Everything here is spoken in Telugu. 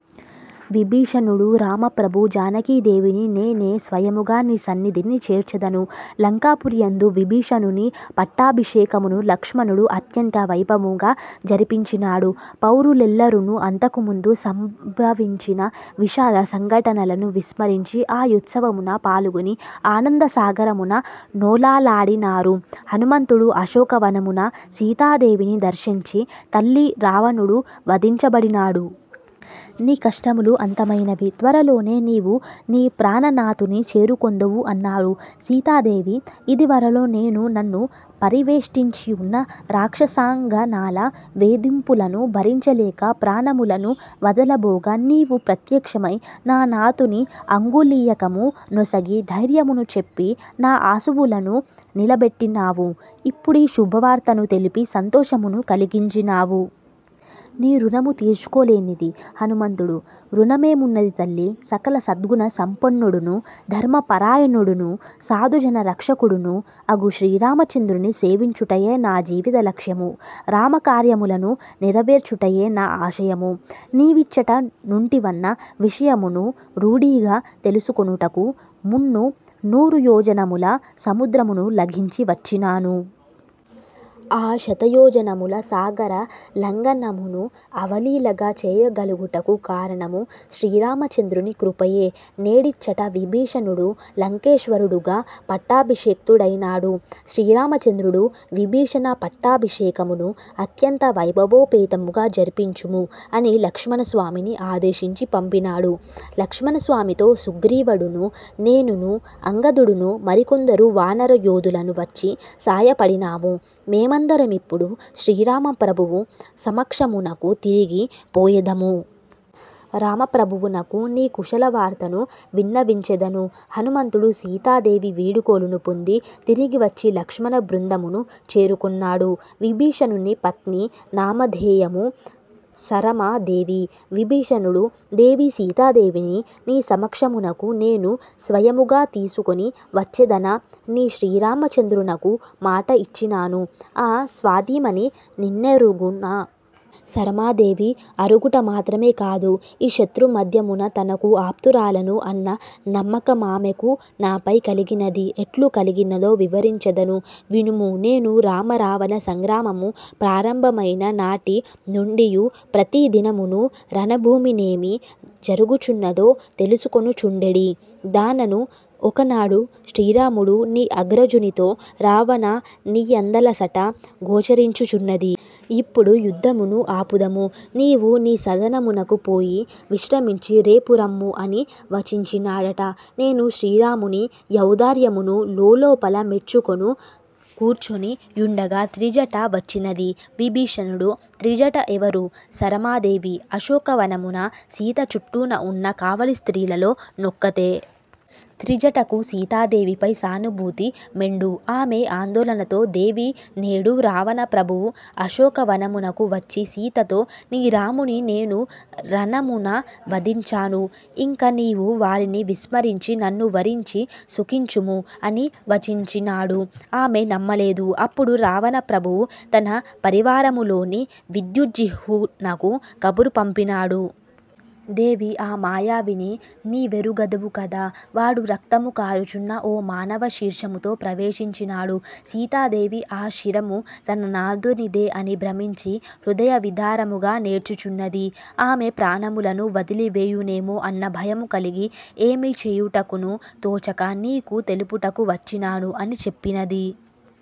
విభీషణుడు: రామప్రభూ, జానకీదేవిని నేనే స్వయముగ నీ సన్నిధిని చేర్చెదను. లంకాపురి యందు విభీషణుని పట్టాభిషేకమును లక్ష్మణుడు అత్యంత వైభవముగ జరిపించినాడు. పౌరులెల్లరును అంతకుముందు సంభవించిన విషాద సంఘటనలను విస్మరించి ఆ యుత్సవమున పాల్గొని ఆనంద సాగరమున నోలలాడినారు. హనుమంతుడు అశోక వనమున సీతాదేవిని దర్శించి తల్లీ, రావణుడు వధించబడినాడు. నీ కష్టములు అంతమైనవి. త్వరలోనే నీవు నీ ప్రాణనాథుని చేరుకొందువు అన్నాడు. సీతాదేవి: ఇదివరలో నేను నన్ను పరివేష్టించియున్న రాక్షసాంగనల వేధింపులను భరించలేక ప్రాణములను వదలబోగా, నీవు ప్రత్యక్షమై నా నాథుని అంగుళీయకము నొసగి, ధైర్యమును చెప్పి నా అసువులను నిలబెట్టినావు. ఇప్పుడీ శుభవార్తను తెలిపి సంతోషమును కలిగించినావు. నీ ఋణము తీర్చుకొనలేనిది. హనుమంతుడు: ఋణమేమున్నది తల్లీ? సకల సద్గుణ సంపన్నుడును, ధర్మపరాయణుడును, సాధుజన రక్షకుడును అగు శ్రీరామచంద్రుని సేవించుటయే నా జీవిత లక్ష్యము; రామ కార్యములను నెరనెరవేర్చుటయె నా ఆశయము. నీవిచ్చట నుంటివన్న విషయమును రూఢిగా తెలిసికొనుటకు మున్ను నూరుయోజనముల సముద్రమును లంఘించి వచ్చినాను. ఆ శతయోజనముల సాగర లంఘనమును అవలీలగా చేయగలుగుటకు కారణము శ్రీరామచంద్రుని కృపయే నేడిచ్చట విభీషణుడు లంకేశ్వరుడుగ పట్టాభిషిక్తుడైనాడు. శ్రీరామచంద్రుడు విభీషణ పట్టాభిషేకమును అత్యంత వైభవోపేతముగ జరిపించుము అని లక్ష్మణస్వామిని ఆదేశించి పంపినాడు. లక్ష్మణస్వామితో సుగ్రీవుడును నేనును అంగదుడును మరికొందరు వానర యోధులును వచ్చి సాయపడినాము. మేమందరమిప్పుడు శ్రీరామ ప్రభువు సమక్షమునకు తిరిగి పోయెదము. రామప్రభువునకు నీ కుశలవార్తను విన్నవించెదను. హనుమంతుడు సీతాదేవి వీడ్కోలును పొంది తిరిగివచ్చి లక్ష్మణ బృందమును చేరుకొన్నాడు. విభీషణుని పత్ని నామధేయము 'సరమా దేవి'. విభీషణుడు: దేవీ సీతాదేవిని నీ సమక్షమునకు నేను స్వయముగ తీసికొని వచ్చెదన ని శ్రీరామచంద్రునకు మాట ఇచ్చినాను. ఆ సాధ్వీమణి నిన్నెఱుగునా? సరమాదేవి: ఎఱుగుట మాత్రమే కాదు. ఈ శత్రు మధ్యమున తనకు ఆప్తురాలను అన్న నమ్మకమామెకు నాపై కలిగినది. ఎట్లు కలిగినదో వివరించెదను వినుము నేను రామ రావణ సంగ్రామము ప్రారంభమైన నాటి నుండియూ ప్రతి దినమును రణభూమినేమి జరుగుచున్నదో తెలిసికొనుచుండెడి దానను ఒకనాడు శ్రీరాముడు నీ అగ్రజునితో రావణా నీ యందలసట గోచరించుచున్నది. ఇప్పుడు యుద్ధమును ఆపుదము. నీవు నీ సదనమునకు పోయి విశ్రమించి రేపు రమ్ము అని వచించినాడట. నేను శ్రీరాముని యౌదార్యమును లోలోపల మెచ్చుకొనుచు కూర్చొని యుండగా త్రిజట వచ్చినది. విభీషణుడు: త్రిజట ఎవరు? సరమాదేవి: అశోక వనమున సీత చుట్టును ఉన్న కావలి స్త్రీలలో నొక్కతె. త్రిజటకు సీతాదేవిపై సానుభూతి మెండు ఆమె ఆందోళనతో దేవీ నేడు రావణ ప్రభువు అశోకవనమునకు వచ్చి సీతతో, నీ రాముని నేను రణమున వధించినాను. ఇంక నీవు వానిని విస్మరించి నన్ను వరించి సుఖించుము' అని వచించినాడు. ఆమె నమ్మలేదు. అప్పుడు రావణ ప్రభువు తన పరివారము లోని విద్యుజ్జిహ్వునకు కబురు పంపినాడు. దేవీ ఆ మాయావిని నీ వెఱుగుదువు కద. వాడు రక్తము కాఱుచున్న ఒక మానవ శీర్షము తో ప్రవేశించినాడు. సీతాదేవి ఆ శిరము తన నాథునిదే అని భ్రమించి హృదయ విదారకముగ నేడ్చుచున్నది. ఆమె ప్రాణములను వదలివేయునేమో అన్న భయము కలిగి ఏమి చేయటకును తోచక నీకు తెలుపుటకు వచ్చినాను అని చెప్పినది.